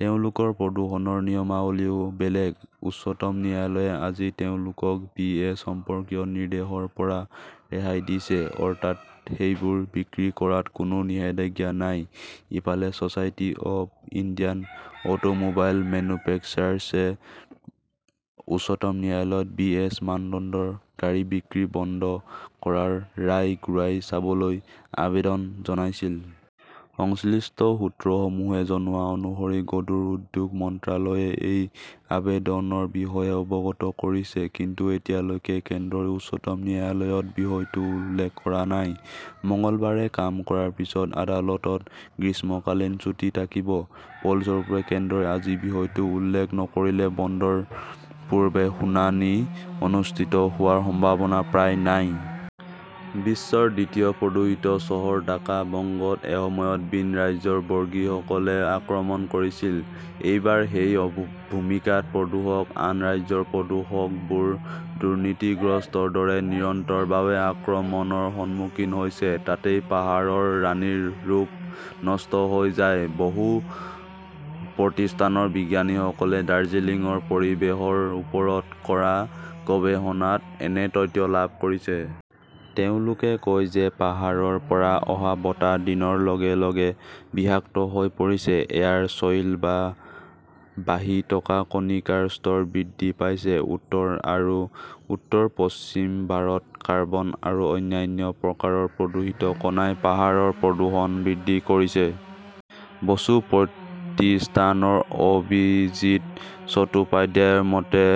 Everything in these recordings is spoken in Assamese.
তেওঁলোকৰ প্ৰদূষণৰ নিয়মাৱলীও বেলেগ। উচ্চতম ন্যায়ালয়ে আজি তেওঁলোকক বি. এছ. সম্পৰ্কীয় নিৰ্দেশৰ পৰা ৰেহাই দিছে। অৰ্থাৎ, সেইবোৰ বিক্ৰী কৰাত কোনো নিষেধাজ্ঞা নাই। ইফালে, ছচাইটি অৱ ইণ্ডিয়ান অটোমোবাইল মেনুফেক্সাৰ্ছে উচ্চতম ন্যায়ালয়ত বি. এছ. মানদণ্ডৰ গাড়ী বিক্ৰী বন্ধ কৰাৰ ৰায় ঘূৰাই চাবলৈ আবেদন জনাইছিল। সংশ্লিষ্ট সূত্ৰসমূহে জনোৱা অনুসৰি গধুৰ উদ্যোগ মন্ত্ৰালয়েও এই আবেদনৰ বিষয়ে অৱগত কৰিছে। কিন্তু এতিয়ালৈকে কেন্দ্ৰই উচ্চতম ন্যায়ালয়ত বিষয়টো উল্লেখ কৰা নাই। মঙলবাৰে কাম কৰাৰ পিছত আদালতত গ্ৰীষ্মকালীন ছুটী থাকিব। ফলস্বৰূপে, কেন্দ্ৰই আজি বিষয়টো উল্লেখ নকৰিলে বন্ধৰ পূৰ্বে শুনানি অনুষ্ঠিত হোৱাৰ সম্ভাৱনা প্ৰায় নাই। বিশ্বৰ দ্বিতীয় প্ৰদূষিত চহৰ ঢাকা বংগত এসময়ত ভিন ৰাজ্যৰ বৰ্গীসকলে আক্ৰমণ কৰিছিল। এইবাৰ সেই ভূমিকাত প্ৰদূষক। আন ৰাজ্যৰ প্ৰদূষকবোৰ দুৰ্নীতিগ্ৰস্তৰ দৰে নিৰন্তৰভাৱে আক্ৰমণৰ সন্মুখীন হৈছে! তাতেই পাহাৰৰ ৰাণীৰ ৰূপ নষ্ট হৈ যায়। বসু প্ৰতিষ্ঠানৰ বিজ্ঞানীসকলে দাৰ্জিলিংৰ পৰিৱেশৰ ওপৰত কৰা গৱেষণাত এনে তথ্য লাভ কৰিছে। তেওঁলোকে কয় যে পাহাৰৰ পৰা অহা বতাহ দিনৰ লগে লগে বিষাক্ত হৈ পৰিছে। এয়াৰ ছইল বা ভাহি থকা কণিকাৰ স্তৰ বৃদ্ধি পাইছে। উত্তৰ আৰু উত্তৰ-পশ্চিম ভাৰতৰ কাৰ্বন আৰু অন্যান্য প্ৰকাৰৰ প্ৰদূষিত কণাই পাহাৰৰ প্ৰদূষণ বৃদ্ধি কৰিছে। বসু প্ৰতিষ্ঠানৰ অভিজিৎ চট্টোপাধ্যায়ৰ মতে,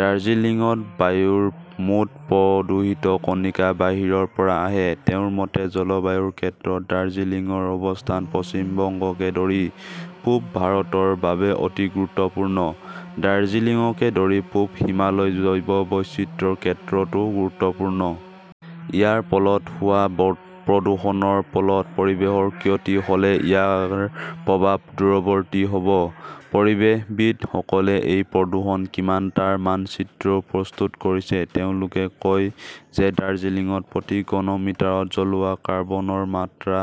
দাৰ্জিলিংত বায়ুৰ মুঠ প্ৰদূষিত কণিকা বাহিৰৰ পৰা আহে। তেওঁৰ মতে, জলবায়ুৰ ক্ষেত্ৰত দাৰ্জিলিংৰ অৱস্থান পশ্চিম বংগকে ধৰি পূব ভাৰতৰ বাবে অতি গুৰুত্বপূৰ্ণ। দাৰ্জিলিংকে ধৰি পূব হিমালয় জৈৱ বৈচিত্ৰ্যৰ ক্ষেত্ৰতো গুৰুত্বপূৰ্ণ। ইয়াৰ ফলত হোৱা প্ৰদূষণৰ ফলত পৰিৱেশৰ ক্ষতি হলে ইয়াৰ প্ৰভাৱ দূৰৱৰ্তী হব। পৰিৱেশবিদ সকলে এই প্ৰদূষণ কিমান তাৰ মানচিত্ৰও প্ৰস্তুত কৰিছে। তেওঁলোকে কয় যে ডাৰ্জিলিংত প্ৰতি ঘন মিটাৰত জ্বলোৱা কাৰ্বনৰ মাত্ৰা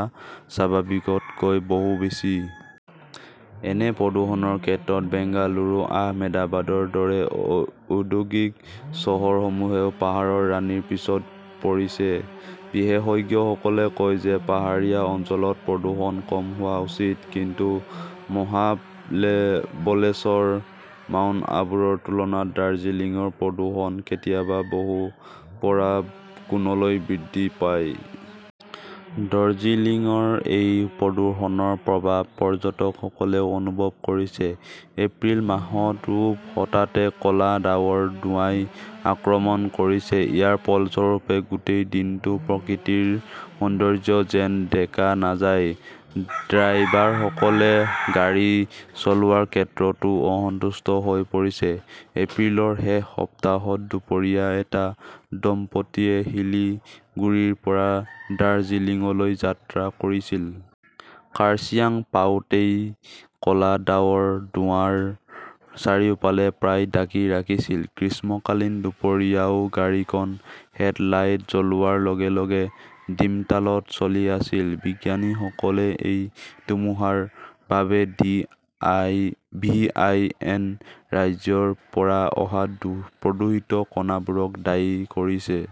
স্বাভাৱিকতকৈ বহু বেছি। এনে প্ৰদূষণৰ ক্ষেত্ৰত বেংগালুৰু, আহমেদাবাদৰ দৰে ঔদ্যোগিক চহৰসমূহেও পাহাৰৰ ৰাণীৰ পিছত পৰিছে। বিশেষজ্ঞসকলে কয় যে পাহাৰীয়া অঞ্চলত প্ৰদূষণ কম হোৱা উচিত। কিন্তু মহাবলেশ্বৰ, মাউণ্ট আবুৰ তুলনাত দাৰ্জিলিংৰ প্ৰদূষণ কেতিয়াবা বহু পৰা গুণলৈ বৃদ্ধি পাই। দৰ্জিলিংৰ এই প্ৰদূষণৰ প্ৰভাৱ পৰ্যটকসকলেও অনুভৱ কৰিছে। এপ্ৰিল মাহতও হঠাতে ক 'লা ডাৱৰ, ধোঁৱাই আক্ৰমণ কৰিছে। ইয়াৰ ফলস্বৰূপে, গোটেই দিনটো প্ৰকৃতিৰ সৌন্দৰ্য্য যেন দেখা নাযায়। ড্ৰাইভাৰসকলে গাড়ী চলোৱাৰ ক্ষেত্ৰতো অসন্তুষ্ট হৈ পৰিছে। এপ্ৰিলৰ শেষ সপ্তাহত দুপৰীয়া এটা দম্পতীয়ে শিলিগুৰিৰ পৰা দাৰ্জিলিংলৈ যাত্ৰা কৰিছিল। কাৰ্চিয়াং পাওতেই ক 'লা ডাৱৰ-ধোঁৱাই চাৰিওফালে প্ৰায় ঢাকি ৰাখিছিল! গ্ৰীষ্মকালীন দুপৰীয়াও গাড়ীখন হেডলাইট জ্বলোৱাৰ লগে লগে দিমতালত চলি আছিল। বিজ্ঞানীসকলে এই ধুমুহাৰ বাবে ভি. আই. এন. ৰাজ্যৰ পৰা অহা প্ৰদূষিত কণাবোৰক দায়ী কৰিছে।